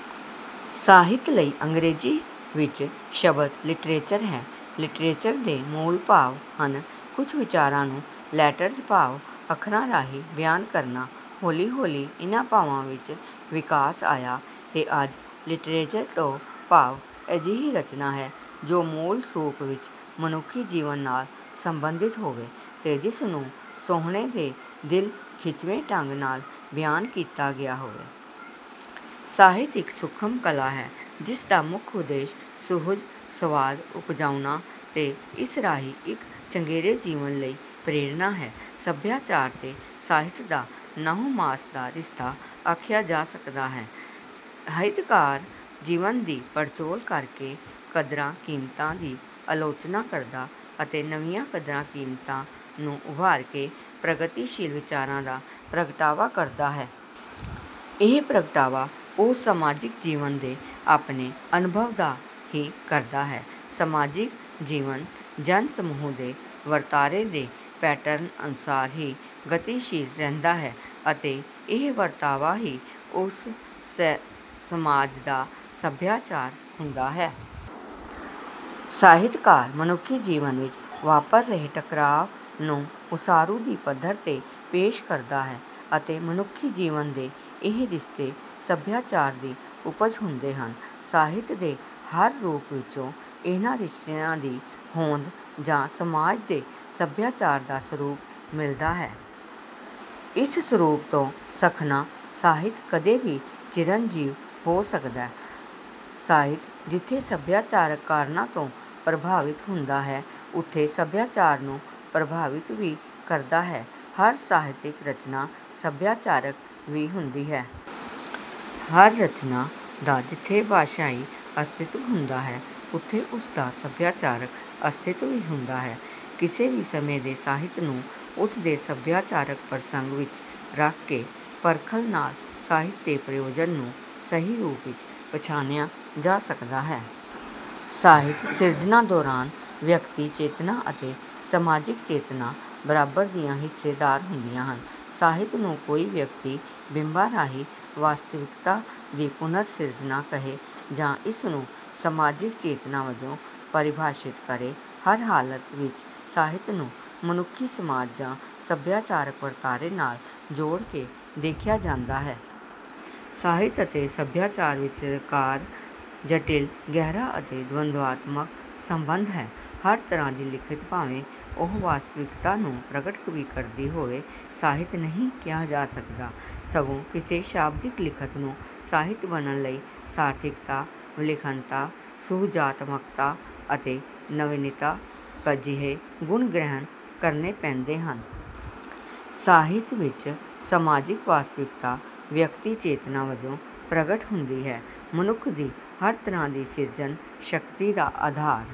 ਸਾਹਿਤ ਲਈ ਅੰਗਰੇਜ਼ੀ ਵਿੱਚ ਸ਼ਬਦ ਲਿਟਰੇਚਰ ਹੈ। ਲਿਟਰੇਚਰ ਦੇ ਮੂਲ ਭਾਵ ਹਨ ਕੁਝ ਵਿਚਾਰਾਂ ਨੂੰ ਲੈਟਰਜ਼ ਭਾਵ ਅੱਖਰਾਂ ਰਾਹੀਂ ਬਿਆਨ ਕਰਨਾ। ਹੌਲੀ-ਹੌਲੀ ਇਨ੍ਹਾਂ ਭਾਵਾਂ ਵਿੱਚ ਵਿਕਾਸ ਆਇਆ ਤੇ ਅੱਜ ਲਿਟਰੇਚਰ ਤੋਂ ਭਾਵ ਅਜਿਹੀ ਰਚਨਾ ਹੈ ਜੋ ਮੂਲ ਰੂਪ ਵਿੱਚ ਮਨੁੱਖੀ ਜੀਵਨ ਨਾਲ ਸੰਬੰਧਿਤ ਹੋਵੇ ਤੇ ਜਿਸਨੂੰ ਸੋਹਣੇ ਦੇ ਦਿਲ ਖਿੱਚਵੇਂ ਢੰਗ ਨਾਲ ਬਿਆਨ ਕੀਤਾ ਗਿਆ ਹੋਵੇ। ਸਾਹਿਤ ਇੱਕ ਸੂਖ਼ਮ ਕਲਾ ਹੈ ਜਿਸ ਦਾ ਮੁੱਖ ਉਦੇਸ਼ ਸੁਹਜ-ਸੁਆਦ ਉਪਜਾਉਣਾ ਤੇ ਇਸ ਰਾਹੀਂ ਇੱਕ ਚੰਗੇਰੇ ਜੀਵਨ ਲਈ ਪ੍ਰੇਰਣਾ ਹੈ। ਸਭਿਆਚਾਰ ਤੇ ਸਾਹਿਤ ਦਾ ਨਹੁੰ ਮਾਸ ਦਾ ਰਿਸ਼ਤਾ ਆਖਿਆ ਜਾ ਸਕਦਾ ਹੈ। ਸਾਹਿਤਕਾਰ ਜੀਵਨ ਦੀ ਪੜਚੋਲ ਕਰਕੇ ਕਦਰਾਂ-ਕੀਮਤਾਂ ਦੀ ਆਲੋਚਨਾ ਕਰਦਾ ਅਤੇ ਨਵੀਆਂ ਕਦਰਾਂ-ਕੀਮਤਾਂ ਨੂੰ ਉਭਾਰ ਕੇ ਪ੍ਰਗਤੀਸ਼ੀਲ ਵਿਚਾਰਾਂ ਦਾ ਪ੍ਰਗਟਾਵਾ ਕਰਦਾ ਹੈ। ਇਹ ਪ੍ਰਗਟਾਵਾ ਉਹ ਸਮਾਜਿਕ ਜੀਵਨ ਦੇ ਆਪਣੇ ਅਨੁਭਵ ਦਾ ਹੀ ਕਰਦਾ ਹੈ। ਸਮਾਜਿਕ, ਜੀਵਨ, ਜਨ ਸਮੂਹ ਦੇ ਵਰਤਾਰੇ ਦੇ ਪੈਟਰਨ ਅਨੁਸਾਰ ਹੀ ਗਤੀਸ਼ੀਲ ਰਹਿੰਦਾ ਹੈ ਅਤੇ ਇਹ ਵਰਤਾਰਾ ਹੀ ਉਸ ਸਮਾਜ ਦਾ ਸਭਿਆਚਾਰ ਹੁੰਦਾ ਹੈ। ਸਾਹਿਤਕਾਰ ਮਨੁੱਖੀ ਜੀਵਨ ਵਿੱਚ ਵਾਪਰ ਰਹੇ ਟਕਰਾਅ ਨੂੰ ਉਸਾਰੂ ਦੀ ਪੱਧਰ ਤੇ ਪੇਸ਼ ਕਰਦਾ ਹੈ ਅਤੇ ਮਨੁੱਖੀ ਜੀਵਨ ਦੇ ਇਹ ਰਿਸ਼ਤੇ ਸਭਿਆਚਾਰ ਦੀ ਉੱਪਜ ਹੁੰਦੇ ਹਨ। ਸਾਹਿਤ ਦੇ ਹਰ ਰੂਪ ਵਿਚੋਂ ਇਹਨਾਂ ਰਿਸ਼ਤਿਆਂ ਦੀ ਹੋਂਦ ਜਾਂ ਸਮਾਜ ਦੇ ਸਭਿਆਚਾਰ ਦਾ ਸਰੂਪ ਮਿਲਦਾ ਹੈ। ਇਸ ਸਰੂਪ ਤੋਂ ਸੱਖਣਾ ਸਾਹਿਤ ਕਦੇ ਵੀ ਚਿਰੰਜੀਵ ਨਹੀਂ ਹੋ ਸਕਦਾ। ਸਾਹਿਤ ਜਿਥੇ ਸਭਿਆਚਾਰਕ ਕਾਰਨਾਂ ਤੋਂ ਪ੍ਰਭਾਵਿਤ ਹੁੰਦਾ ਹੈ, ਉਥੇ ਸਭਿਆਚਾਰ ਨੂੰ ਪ੍ਰਭਾਵਿਤ ਵੀ ਕਰਦਾ ਹੈ। ਹਰ ਸਾਹਿਤਕ ਰਚਨਾ ਸਭਿਆਚਾਰਕ ਵੀ ਹੁੰਦੀ ਹੈ। ਹਰ ਰਚਨਾ ਦਾ ਜਿੱਥੇ ਭਾਸ਼ਾਈ ਅਸਤਿਤਵ ਹੁੰਦਾ ਹੈ, ਉੱਥੇ ਉਸ ਦਾ ਸਭਿਆਚਾਰਕ ਅਸਤਿਤਵ ਵੀ ਹੁੰਦਾ ਹੈ। ਕਿਸੇ ਵੀ ਸਮੇਂ ਦੇ ਸਾਹਿਤ ਨੂੰ ਉਸ ਦੇ ਸਭਿਆਚਾਰਕ ਪ੍ਰਸੰਗ ਵਿੱਚ ਰੱਖ ਕੇ ਪਰਖਣ ਨਾਲ ਸਾਹਿਤ ਦੇ ਪ੍ਰਯੋਜਨ ਨੂੰ ਸਹੀ ਰੂਪ ਵਿੱਚ ਪਛਾਣਿਆ ਜਾ ਸਕਦਾ ਹੈ। ਸਾਹਿਤ ਸਿਰਜਣਾ ਦੌਰਾਨ ਵਿਅਕਤੀ ਚੇਤਨਾ ਅਤੇ ਸਮਾਜਿਕ ਚੇਤਨਾ ਬਰਾਬਰ ਦੀਆਂ ਹਿੱਸੇਦਾਰ ਹੁੰਦੀਆਂ ਹਨ। ਸਾਹਿਤ ਨੂੰ ਕੋਈ ਵਿਅਕਤੀ ਬਿੰਬਾਂ ਰਾਹੀਂ ਵਾਸਤਵਿਕਤਾ ਦੀ ਪੁਨਰ ਸਿਰਜਣਾ ਕਹੇ ਜਾਂ ਇਸਨੂੰ ਸਮਾਜਿਕ ਚੇਤਨਾ ਵਜੋਂ ਪਰਿਭਾਸ਼ਿਤ ਕਰੇ ਹਰ ਹਾਲਤ ਵਿੱਚ ਸਾਹਿਤ ਨੂੰ ਮਨੁੱਖੀ ਸਮਾਜ ਜਾਂ ਸਭਿਆਚਾਰਕ ਵਰਤਾਰੇ ਨਾਲ ਜੋੜ ਕੇ ਦੇਖਿਆ ਜਾਂਦਾ ਹੈ। ਸਾਹਿਤ ਅਤੇ ਸਭਿਆਚਾਰ ਵਿਚਕਾਰ ਜਟਿਲ, ਗਹਿਰਾ ਅਤੇ ਦਵੰਦਾਤਮਕ ਸੰਬੰਧ ਹੈ। ਹਰ ਤਰ੍ਹਾਂ ਦੀ ਲਿਖਤ ਭਾਵੇਂ ਉਹ ਵਾਸਤਵਿਕਤਾ ਨੂੰ ਪ੍ਰਗਟ ਵੀ ਕਰਦੀ ਹੋਵੇ, ਸਾਹਿਤ ਨਹੀਂ ਕਿਹਾ ਜਾ ਸਕਦਾ, ਸਗੋਂ ਕਿਸੇ ਸ਼ਾਬਦਿਕ ਲਿਖਤ ਨੂੰ ਸਾਹਿਤ ਬਨਣ ਲਈ ਸਾਰਥਿਕਤਾ, ਵਿਲੱਖਣਤਾ, ਸੁਹਜਾਤਮਕਤਾ ਅਤੇ ਨਵੀਨਤਾ ਜਿਹੇ ਗੁਣ ਗ੍ਰਹਿਣ ਕਰਨੇ ਪੈਂਦੇ ਹਨ। ਸਾਹਿਤ ਵਿੱਚ ਸਮਾਜਿਕ ਵਾਸਤਵਿਕਤਾ ਵਿਅਕਤੀ ਚੇਤਨਾ ਵਜੋਂ ਪ੍ਰਗਟ ਹੁੰਦੀ ਹੈ। ਮਨੁੱਖ ਦੀ ਹਰ ਤਰ੍ਹਾਂ ਦੀ ਸਿਰਜਨ ਸ਼ਕਤੀ ਦਾ ਆਧਾਰ